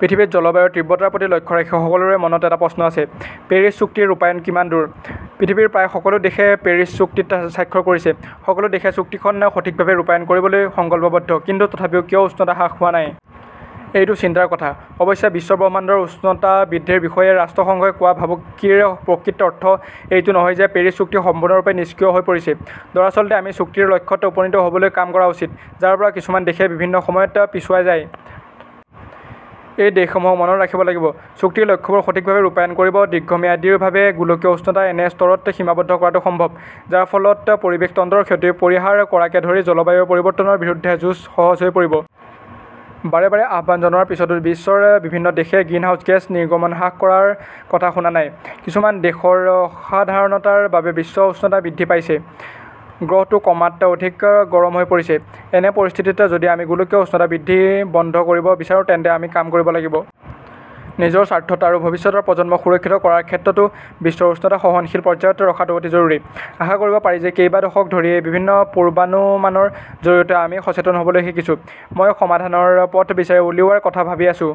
পৃথিৱীত জলবায়ুৰ তীব্ৰতাৰ প্ৰতি লক্ষ্য ৰাখি সকলোৰে মনত এটা প্ৰশ্ন আছে, পেৰিছ চুক্তিৰ ৰূপায়ণ কিমান দূৰ? পৃথিৱীৰ প্ৰায় সকলো দেশে পেৰিছ চুক্তিত স্বাক্ষৰ কৰিছে, সকলো দেশে চুক্তিখন সঠিকভাৱে ৰূপায়ণ কৰিবলৈ সংকল্পবদ্ধ, কিন্তু তথাপিও কিয় উষ্ণতা হ্ৰাস হোৱা নাই? এইটো চিন্তাৰ কথা! অৱশ্যে, বিশ্বব্ৰহ্মাণ্ডৰ উষ্ণতা বৃদ্ধিৰ বিষয়ে ৰাষ্ট্ৰসংঘই কোৱা ভাবুকিৰ প্ৰকৃত অৰ্থ এইটো নহয় যে পেৰিছ চুক্তি সম্পূৰ্ণৰূপে নিষ্ক্ৰিয় হৈ পৰিছে। দৰাচলতে আমি চুক্তিৰ লক্ষ্যত উপনীত হ'বলৈ কাম কৰা উচিত, যাৰ পৰা কিছুমান দেশে বিভিন্ন সময়ত "পিছুৱাই" যায়। সেই দেশসমূহক মনত ৰাখিব লাগিব, চুক্তিৰ লক্ষ্যবোৰ সঠিকভাৱে ৰূপায়ণ কৰি দীৰ্ঘম্যাদীভাৱে গোলকীয় উষ্ণতা এনে স্তৰত সীমাবদ্ধ কৰাটো সম্ভৱ, যাৰ ফলত পৰিৱেশ তন্ত্ৰৰ ক্ষতি পৰিহাৰ কৰাকে ধৰি জলবায়ু পৰিৱৰ্তনৰ বিৰুদ্ধে যুঁজ সহজ হৈ পৰিব। বাৰে বাৰে আহ্বান জনোৱাৰ পিছতো বিশ্বৰ বিভিন্ন দেশে গ্ৰীণহাউছ গেছ নিৰ্গমন হ্ৰাস কৰাৰ কথা শুনা নাই। কিছুমান দেশৰ অসাধাৰণতাৰ বাবে বিশ্ব উষ্ণতা বৃদ্ধি পাইছে। গ্ৰহটো ক্ৰমাৎ অধিক গৰম হৈ পৰিছে। এনে পৰিস্থিতিত, যদি আমি গোলকীয় উষ্ণতা বৃদ্ধি বন্ধ কৰিব বিচাৰো, তেন্তে আমি কাম কৰিব লাগিব। নিজৰ স্বাৰ্থত আৰু ভৱিষ্যতৰ প্ৰজন্মক সুৰক্ষিত কৰাৰ ক্ষেত্ৰতো বিশ্বৰ উষ্ণতা সহনশীল পৰ্যায়ত ৰখাটো অতি জৰুৰী। আশা কৰিব পাৰি যে কেইবা দশক ধৰি বিভিন্ন পূৰ্বানুমানৰ জৰিয়তে আমি সচেতন হ'বলৈ শিকিছো। মই সমাধানৰ পথ বিচাৰি উলিওৱাৰ কথা ভাবি আছোঁ।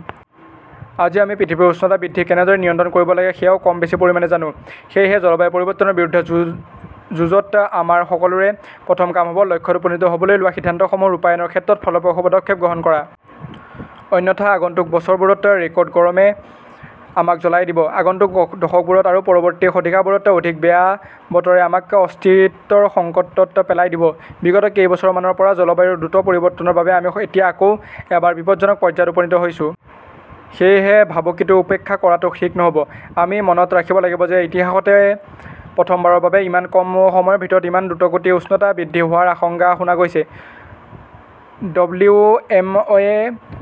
আজি আমি পৃথিৱীৰ উষ্ণতা বৃদ্ধি কেনেদৰে নিয়ন্ত্ৰণ কৰিব লাগে সেয়াও কম বেছি পৰিমাণে জানো। সেয়েহে, জলবায়ু পৰিৱৰ্তনৰ বিৰুদ্ধে যুঁজত আমাৰ সকলোৰে প্ৰথম কাম হ'ব লক্ষ্যত উপনীত হ'বলৈ লোৱা সিদ্ধান্তসমূহ ৰূপায়ণৰ ক্ষেত্ৰত ফলপ্ৰসূ পদক্ষেপ গ্ৰহণ কৰা। অন্যথা, আগন্তুক বছৰবোৰত ৰেকৰ্ড গৰমে আমাক জ্বলাই দিব। আগন্তুক দশকবোৰত আৰু পৰৱৰ্তী শতিকাবোৰত অধিক বেয়া বতৰে আমাক অস্তিত্বৰ সংকটত পেলাই দিব! বিগত কেইবছৰমানৰ পৰা জলবায়ুৰ দ্ৰুত পৰিৱৰ্তনৰ বাবে আমি এতিয়া আকৌ এবাৰ বিপদজনক পৰ্যায়ত উপনীত হৈছো। সেয়েহে, ভাবুকিটো উপেক্ষা কৰাটো ঠিক নহ'ব। আমি মনত ৰাখিব লাগিব যে ইতিহাসতে প্ৰথমবাৰৰ বাবে ইমান কম সময়ৰ ভিতৰত ইমান দ্ৰুতগতিত উষ্ণতা বৃদ্ধি হোৱাৰ আশংকা শুনা গৈছে। ডব্লিউ এম অ'য়ে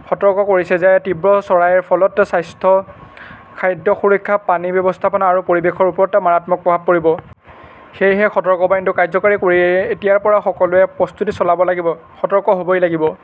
সতৰ্ক কৰি দিছে যে, তীব্ৰ চৰাইৰ ফলত স্বাস্থ্য, খাদ্য সুৰক্ষা, পানী ব্যৱস্থাপনা আৰু পৰিৱেশৰ ওপৰত মাৰাত্মক প্ৰভাৱ পৰিব। সেয়েহে সতৰ্কবাণীটো কাৰ্যকৰী কৰি এতিয়াৰ পৰা সকলোৱে প্ৰস্তুতি চলাব লাগিব। সতৰ্ক হ'বই লাগিব।